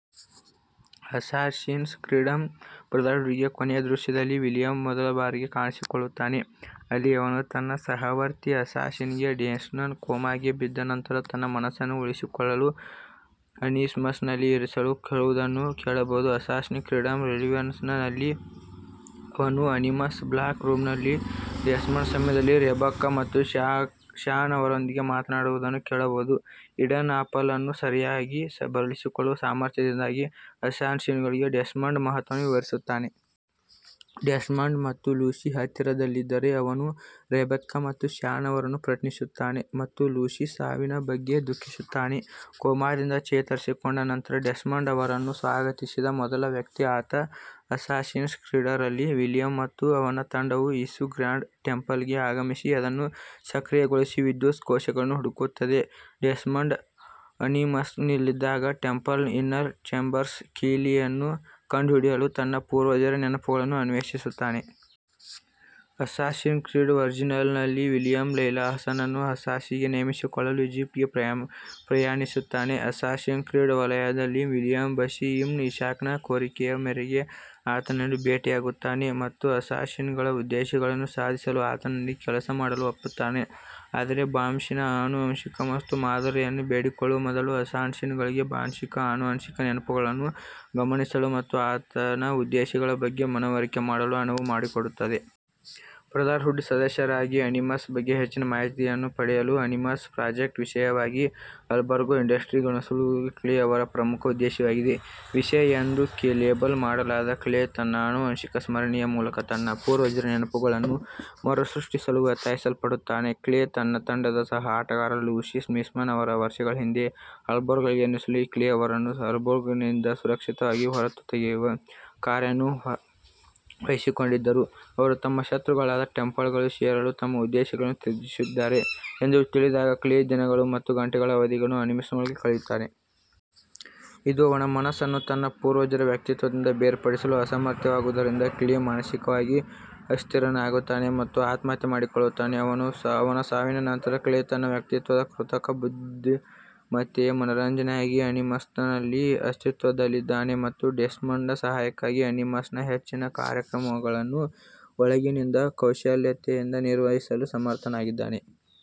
Assassin's creed ಬ್ರದರ್ಹುಡ್ನ ಕೊನೆಯ ದೃಶ್ಯದಲ್ಲಿ William ಮೊದಲ ಬಾರಿಗೆ ಕಾಣಿಸಿಕೊಳ್ಳುತ್ತಾನೆ, ಅಲ್ಲಿ ಅವನು ತನ್ನ ಸಹವರ್ತಿ ಅಸ್ಸಾಸಿನ್ಸ್ಗೆ ಡೆಸ್ಮಂಡ್ ಕೋಮಾಗೆ ಬಿದ್ದ ನಂತರ ತನ್ನ ಮನಸ್ಸನ್ನು ಉಳಿಸಿಕೊಳ್ಳಲು ಅನಿಮಸ್ನಲ್ಲಿ ಇರಿಸಲು ಹೇಳುವುದನ್ನು ಕೇಳಬಹುದು. ಅಸ್ಸಾಸಿನ್ಸ್ ಕ್ರೀಡ್ಃ ರಿವಿಲೇಷನ್ಸ್ ನಲ್ಲಿ, ಅವನು ಅನಿಮಸ್ ಬ್ಲ್ಯಾಕ್ ರೂಮ್ನಲ್ಲಿ ಡೆಸ್ಮಂಡ್ನ ಸಮಯದಲ್ಲಿ ರೆಬೆಕ್ಕಾ ಮತ್ತು ಶಾನ್ ಅವರೊಂದಿಗೆ ಮಾತನಾಡುವುದನ್ನು ಕೇಳಬಹುದು, ಈಡನ್ ಆಪಲ್ ಅನ್ನು ಸರಿಯಾಗಿ ಬಳಸಿಕೊಳ್ಳುವ ಸಾಮರ್ಥ್ಯದಿಂದಾಗಿ ಅಸ್ಸಾಸಿನ್ಗಳಿಗೆ ಡೆಸ್ಮಂಡ್ನ ಮಹತ್ವವನ್ನು ವಿವರಿಸುತ್ತಾನೆ. ಡೆಸ್ಮಂಡ್ ಮತ್ತು ಲೂಸಿ ಹತ್ತಿರದಲ್ಲಿದ್ದರೆ ಅವನು ರೆಬೆಕ್ಕಾ ಮತ್ತು ಶಾನ್ ಅವರನ್ನು ಪ್ರಶ್ನಿಸುತ್ತಾನೆ ಮತ್ತು ಲೂಸಿ ಸಾವಿನ ಬಗ್ಗೆ ದುಃಖಿಸುತ್ತಾನೆ. ಕೋಮಾದಿಂದ ಚೇತರಿಸಿಕೊಂಡ ನಂತರ ಡೆಸ್ಮಂಡ್ ಅವರನ್ನು ಸ್ವಾಗತಿಸಿದ ಮೊದಲ ವ್ಯಕ್ತಿ ಆತ. ಅಸ್ಸಾಸಿನ್ಸ್ ಕ್ರೀಡ್ ರಲ್ಲಿ, ವಿಲಿಯಂ ಮತ್ತು ಅವನ ತಂಡವು ಇಸು ಗ್ರ್ಯಾಂಡ್ ಟೆಂಪಲ್ಗೆ ಆಗಮಿಸಿ ಅದನ್ನು ಸಕ್ರಿಯಗೊಳಿಸಲು ವಿದ್ಯುತ್ ಕೋಶಗಳನ್ನು ಹುಡುಕುತ್ತದೆ, ಡೆಸ್ಮಂಡ್ ಅನಿಮಸ್ನಲ್ಲಿದ್ದಾಗ, ಟೆಂಪಲ್ನ ಇನ್ನರ್ ಚೇಂಬರ್ಸ್ನ ಕೀಲಿಯನ್ನು ಕಂಡುಹಿಡಿಯಲು ತನ್ನ ಪೂರ್ವಜರ ನೆನಪುಗಳನ್ನು ಅನ್ವೇಷಿಸುತ್ತಾನೆ. ಅಸ್ಸಾಸಿನ್ಸ್ ಕ್ರೀಡ್ ಒರಿಜಿನ್ಸ್ನಲ್ಲಿ, ವಿಲಿಯಂ ಲೈಲಾ ಹಸನ್ನನ್ನು ಅಸ್ಸಾಸಿನ್ಸ್ಗೆ ನೇಮಿಸಿಕೊಳ್ಳಲು ಈಜಿಪ್ಟ್ಗೆ ಪ್ರಯಾಣಿಸುತ್ತಾನೆ. ಅಸ್ಸಾಸಿನ್ಸ್ ಕ್ರೀಡ್ ವಲ್ಹಲ್ಲಾದಲ್ಲಿ, ವಿಲಿಯಂ ಬಸಿಂ ಇಬ್ನ್ ಇಶಾಕ್ನ ಕೋರಿಕೆಯ ಮೇರೆಗೆ ಆತನನ್ನು ಭೇಟಿಯಾಗುತ್ತಾನೆ ಮತ್ತು ಅಸ್ಸಾಸಿನ್ಗಳ ಉದ್ದೇಶಗಳನ್ನು ಸಾಧಿಸಲು ಆತನೊಂದಿಗೆ ಕೆಲಸ ಮಾಡಲು ಒಪ್ಪುತ್ತಾನೆ, ಆದರೆ ಬಾಸಿಂನ ಆನುವಂಶಿಕ ವಸ್ತುಗಳ ಮಾದರಿಯನ್ನು ಬೇಡಿಕೊಳ್ಳುವ ಮೊದಲು, ಅಸ್ಸಾಸಿನ್ಗಳಿಗೆ ಬಾಸಿಂನ ಆನುವಂಶಿಕ ನೆನಪುಗಳನ್ನು ಗಮನಿಸಲು ಮತ್ತು ಆತನ ಉದ್ದೇಶಗಳ ಬಗ್ಗೆ ಮನವರಿಕೆ ಮಾಡಲು ಅನುವು ಮಾಡಿಕೊಡುತ್ತದೆ. ಬ್ರದರ್ಹುಡ್ನ ಸದಸ್ಯರಾಗಿ, ಅನಿಮಸ್ ಬಗ್ಗೆ ಹೆಚ್ಚಿನ ಮಾಹಿತಿಯನ್ನು ಪಡೆಯಲು ಅನಿಮಸ್ ಪ್ರಾಜೆಕ್ಟ್ನ ವಿಷಯವಾಗಿ ಅಬ್ಸ್ಟರ್ಗೊ ಇಂಡಸ್ಟ್ರೀಸ್ಗೆ ನುಸುಳುವುದು ಕ್ಲೇ ಅವರ ಪ್ರಮುಖ ಉದ್ದೇಶವಾಗಿದೆ. ವಿಷಯ ಎಂದು ಲೇಬಲ್ ಮಾಡಲಾದ ಕ್ಲೇ ತನ್ನ ಆನುವಂಶಿಕ ಸ್ಮರಣೆಯ ಮೂಲಕ ತನ್ನ ಪೂರ್ವಜರ ನೆನಪುಗಳನ್ನು ಮರುಸೃಷ್ಟಿಸಲು ಒತ್ತಾಯಿಸಲ್ಪಡುತ್ತಾನೆ. ಕ್ಲೇ ತನ್ನ ತಂಡದ ಸಹ ಆಟಗಾರರಾದ ಲೂಸಿ ಸ್ಟಿಲ್ಮನ್-ಅವರು ವರ್ಷಗಳ ಹಿಂದೆ ಅಬ್ಸ್ಟೆರ್ಗೊಗೆ ನುಸುಳಿ, ಕ್ಲೇ ಅವರನ್ನು ಅಬ್ಸ್ಟೆರ್ಗೊದಿಂದ ಸುರಕ್ಷಿತವಾಗಿ ಹೊರತೆಗೆಯುವ ಕಾರ್ಯವನ್ನು ವಹಿಸಿಕೊಂಡಿದ್ದರು-ಅವರು ತಮ್ಮ ಶತ್ರುಗಳಾದ ಟೆಂಪ್ಲರ್ಗಳನ್ನು ಸೇರಲು ತಮ್ಮ ಉದ್ದೇಶವನ್ನು ತ್ಯಜಿಸಿದ್ದಾರೆ ಎಂದು ತಿಳಿದಾಗ, ಕ್ಲೇ ದಿನಗಳು ಮತ್ತು ಗಂಟೆಗಳ ಅವಧಿಯನ್ನು ಅನಿಮಸ್ನೊಳಗೆ ಕಳೆಯುತ್ತಾರೆ. ಇದು ಅವನ ಮನಸ್ಸನ್ನು ತನ್ನ ಪೂರ್ವಜರ ವ್ಯಕ್ತಿತ್ವದಿಂದ ಬೇರ್ಪಡಿಸಲು ಅಸಮರ್ಥವಾಗಿಸುವುದರಿಂದ, ಕ್ಲೇ ಮಾನಸಿಕವಾಗಿ ಅಸ್ಥಿರನಾಗುತ್ತಾನೆ ಮತ್ತು ಆತ್ಮಹತ್ಯೆ ಮಾಡಿಕೊಳ್ಳುತ್ತಾನೆ. ಅವನ ಸಾವಿನ ನಂತರ, ಕ್ಲೇ ತನ್ನ ವ್ಯಕ್ತಿತ್ವದ ಕೃತಕ ಬುದ್ಧಿಮತ್ತೆಯ ಮನರಂಜನೆಯಾಗಿ ಅನಿಮಸ್ನಲ್ಲಿ ಅಸ್ತಿತ್ವದಲ್ಲಿದ್ದಾನೆ ಮತ್ತು ಡೆಸ್ಮಂಡ್ನ ಸಹಾಯಕ್ಕಾಗಿ ಅನಿಮಸ್ನ ಹೆಚ್ಚಿನ ಕಾರ್ಯಕ್ರಮಗಳನ್ನು ಒಳಗಿನಿಂದ ಕುಶಲತೆಯಿಂದ ನಿರ್ವಹಿಸಲು ಸಮರ್ಥನಾಗಿದ್ದಾನೆ.